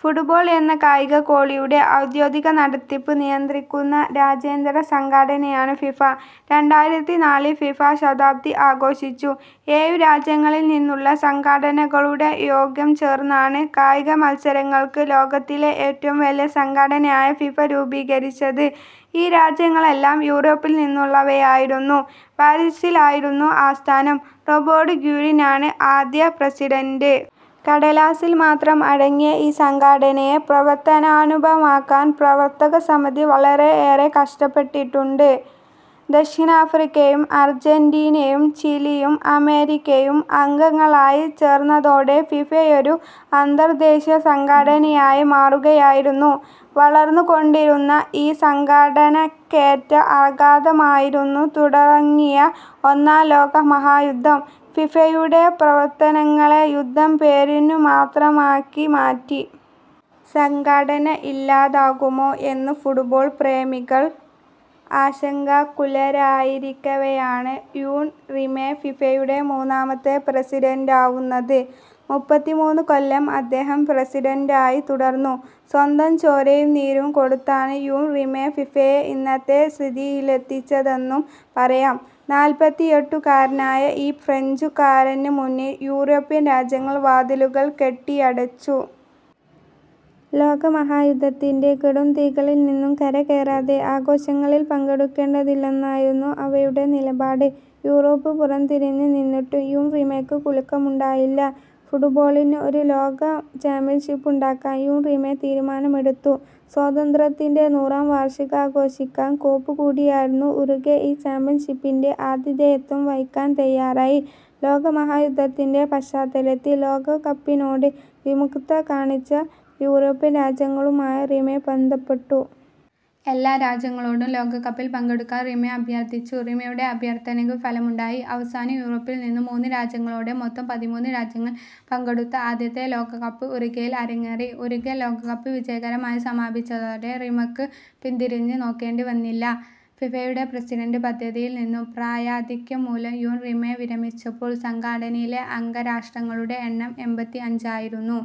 Football എന്ന കായികകേളിയുടെ ഔദ്യോഗിക നടത്തിപ്പ് നിയന്ത്രിക്കുന്ന രാജ്യാന്തര സംഘടനയാണ് ഫിഫ. രണ്ടായിരത്തിനാലിൽ ഫിഫ ശതാബ്ദി ആഘോഷിച്ചു. ഏഴു രാജ്യങ്ങളിൽ നിന്നുളള സംഘടനകളുടെ യോഗം ചേർന്നാണ് കായികമത്സരങ്ങൾക്ക് ലോകത്തിലെ ഏറ്റവും വലിയ സംഘടനയായ ഫിഫ രൂപികരിച്ചത്. ഈ രാജ്യങ്ങളെല്ലാം യൂറോപ്പിൽനിന്നുള്ളവയായിരുന്നു. പാരീസിലായിരുന്നു ആസ്ഥാനം. റോബെർട്ട് ഗ്യൂറിനാണ് ആദ്യ പ്രസിഡന്റ്. കടലാസിൽ മാത്രം അടങ്ങിയ ഈ സംഘടനയെ പ്രവർത്തനോന്മുഖമാക്കാൻ പ്രവർത്തക സമിതി വളരെയേറെ കഷ്ടപ്പെട്ടിട്ടുണ്ട്. ദക്ഷിണാഫ്രിക്കയും അർജന്റീനയും ചിലിയും അമേരിക്കയും അംഗങ്ങളായി ചേർന്നതോടെ ഫിഫയൊരു അന്തർദ്ദേശീയ സംഘടനയായി മാറുകയായിരുന്നു. വളർന്ന് കൊണ്ടിരുന്ന ഈ സംഘടനക്കേറ്റ ആഘാതമായിരുന്നു തുടങ്ങിയ ഒന്നാം ലോകമഹായുദ്ധം. ഫിഫയുടെ പ്രവർത്തനങ്ങളെ യുദ്ധം പേരിനുമാത്രമാക്കി മാറ്റി. സംഘടന ഇല്ലാതായേക്കുമോ എന്ന് ഫുട്ബോൾ പ്രേമികൾ ആശങ്കാകുലരായിരിക്കവെയാണ് യൂൾ റിമെ ഫിഫയുടെ മൂന്നാമത്തെ പ്രസിഡന്റാവുന്നത്. മുപ്പത്തിമൂന്നു കൊല്ലം അദ്ദേഹം പ്രസിഡന്റായി തുടർന്നു. സ്വന്തം ചോരയും നീരും കൊടുത്താണ് യൂൾ റിമെ ഫിഫയെ ഇന്നത്തെ സ്ഥിതിയിലെത്തിച്ചതെന്നു പറയാം. നാല്പത്തിയെട്ടു കാരനായ ഈ ഫ്രഞ്ച്കാരനുമുന്നിൽ യൂറോപ്യൻ രാജ്യങ്ങൾ വാതിലുകൾ കൊട്ടിയടച്ചു. ലോകമഹായുദ്ധത്തിന്റെ കെടുതികളിൽനിന്ന് കരകയറാതെ ആഘോഷങ്ങളിൽ പങ്കെടുക്കേണ്ടതില്ലെന്നായിരുന്നു അവയുടെ നിലപാട്. യൂറോപ്പ് പുറംതിരിഞ്ഞുനിന്നിട്ടും യൂൾ റിമെക്ക് കുലുക്കമുണ്ടായില്ല. ഫുട്ബോളിന് ഒരു ലോക ചാമ്പ്യൻഷിപ്പുണ്ടാക്കാൻ യൂൾ റിമെ തീരുമാനമെടുത്തു. സ്വാതന്ത്ര്യത്തിന്റെ നൂറാം വാർഷികമാഘോഷിക്കാൻ കോപ്പ് കൂട്ടിയിരുന്ന ഉറുഗ്വെ ഈ ചാമ്പ്യൻഷിപ്പിന്റെ ആതിഥേയത്വം വഹിക്കാൻ തയ്യാറായി. ലോകമഹായുദ്ധത്തിന്റെ പശ്ചാത്തലത്തിൽ ലോകകപ്പിനോട് വിമുഖത കാണിച്ച യൂറോപ്യൻ രാജ്യങ്ങളുമായി റിമെ ബന്ധപ്പെട്ടു. എല്ലാ രാജ്യങ്ങളോടും ലോകകപ്പിൽ പങ്കെടുക്കാൻ റിമെ അഭ്യർത്ഥിച്ചു. റിമെയുടെ അഭ്യർത്ഥനയ്ക്ക് ഫലമുണ്ടായി. അവസാനം യൂറോപ്പിൽനിന്ന് മൂന്ന് രാജ്യങ്ങളോടെ, മൊത്തം പതിമൂന്ന് രാജ്യങ്ങൾ പങ്കെടുത്ത ആദ്യത്തെ ലോകകപ്പ് ഉറുഗ്വെയിൽ അരങ്ങേറി. ഉറുഗ്വെ ലോകകപ്പ് വിജയകരമായി സമാപിച്ചതോടെ റിമെയ്ക്കു പിന്തിരിഞ്ഞ് നോക്കേണ്ടി വന്നില്ല. ഫിഫയുടെ പ്രസിഡന്റ് പദവിയിൽ നിന്ന് പ്രായാധിക്യം മൂലം യൂൾ റിമെ വിരമിച്ചപ്പോൾ സംഘടനയിലെ അംഗരാഷ്ട്രങ്ങളുടെ എണ്ണം എമ്പത്തിഅഞ്ചായിരുന്നു.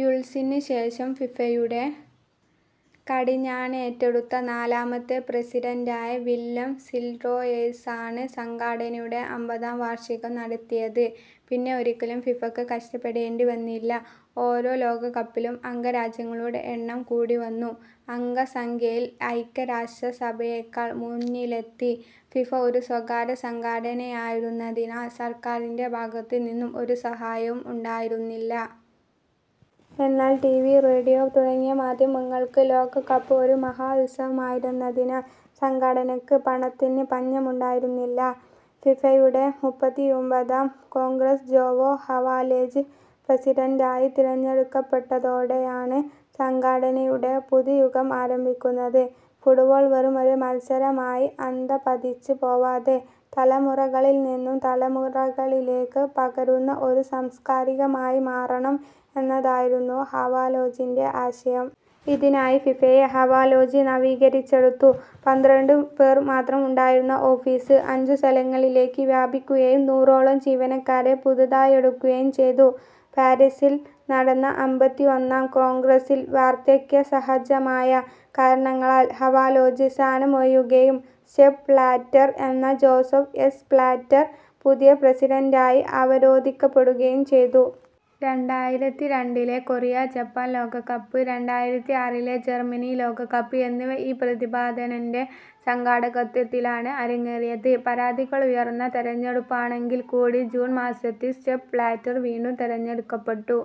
യൂൾസിന് ശേഷം ഫിഫയുടെ കടിഞ്ഞാണേറ്റെടുത്ത നാലാമത്തെ പ്രസിഡന്റായ വില്ല്യം സീൽഡ്രോയേഴ്സാണ് സംഘടനയുടെ അമ്പതാം വാർഷികം നടത്തിയത്. പിന്നെയൊരിക്കലും ഫിഫയ്ക്ക് കഷ്ടപ്പെടേണ്ടി വന്നില്ല. ഓരോ ലോകകപ്പിനും അംഗരാജ്യങ്ങളുടെ എണ്ണം കൂടിവന്നു. അംഗ സംഖ്യയിൽ ഐക്യ രാഷ്ട്ര സഭയെക്കാൾ മുന്നിലെത്തി. ഫിഫ ഒരു സ്വകാര്യ സംഘടനയായിരുന്നതിനാൽ സർക്കാരിന്റെ ഭാഗത്ത് നിന്ന് ഒരു സഹായവും ഉണ്ടായിരുന്നില്ല. എന്നാൽ ടിവി, റേഡിയോ തുടങ്ങിയ മാധ്യമങ്ങൾക്ക് ലോകകപ്പ് ഒരു മഹോത്സവമായിരുന്നതിൽ സംഘടനയ്ക്ക് പണത്തിന് പഞ്ഞമുണ്ടായിരുന്നില്ല. ഫിഫയുടെ മുപ്പത്തിയുമ്പതാം കോൺഗ്രസ്സിൽ ജോവോ ഹവലേഞ്ച് പ്രസിഡന്റായി തിരഞ്ഞെടുക്കപ്പെട്ടതോടെയാണ് സംഘടനയുടെ പുതുയുഗം ആരംഭിക്കുന്നത്. ഫുട്ബോൾ വെറുമൊരു മത്സരമായി അധ:പതിച്ച് പോവാതെ തലമുറകളിൽനിന്ന് തലമുറകളിലേക്ക് പകരുന്ന ഒരു സംസ്കാരമായി മാറണം എന്നായിരുന്നു ഹവലേഞ്ചിന്റെ ആശയം. ഇതിനായി ഫിഫയെ ഹവലേഞ്ച് നവീകരിച്ചെടുത്തു. പന്ത്രണ്ട് പേർ മാത്രമുണ്ടായിരുന്ന ഓഫീസ്, അഞ്ചു സ്ഥലങ്ങളിലേക്ക് വ്യാപിപ്പിക്കുകയും നൂറോളം ജീവനക്കാരെ പുതുതായെടുക്കുകയും ചെയ്തു. പാരീസിൽ നടന്ന അമ്പത്തിയൊന്നാം കോൺഗ്രസ്സിൽ വാർദ്ധക്യസഹജമായ കാരണങ്ങളാൽ ഹവലേഞ്ച് സ്ഥാനമൊഴിയുകയും സെപ് ബ്ലാറ്റർ എന്ന ജോസഫ് എസ്. ബ്ലാറ്റർ പുതിയ പ്രസിഡന്റായി അവരോധിക്കപ്പെടുകയും ചെയ്തു. രണ്ടായിരത്തിരണ്ടിലെ കൊറിയ ജപ്പാൻ ലോകകപ്പ്, രണ്ടായിരത്തിആറിലെ ജർമ്മനി ലോകകപ്പ് എന്നിവ ഈ പ്രതിഭാധനന്റെ സംഘാടകത്വത്തിലാണ് അരങ്ങേറിയത്. പരാതികളുയർന്ന തെരഞ്ഞെടുപ്പാണെങ്കിൽക്കൂടി, ജൂൺ മാസത്തിൽ സെപ് ബ്ലാറ്റർ വീണ്ടും തെരഞ്ഞെടുക്കപ്പെട്ടു.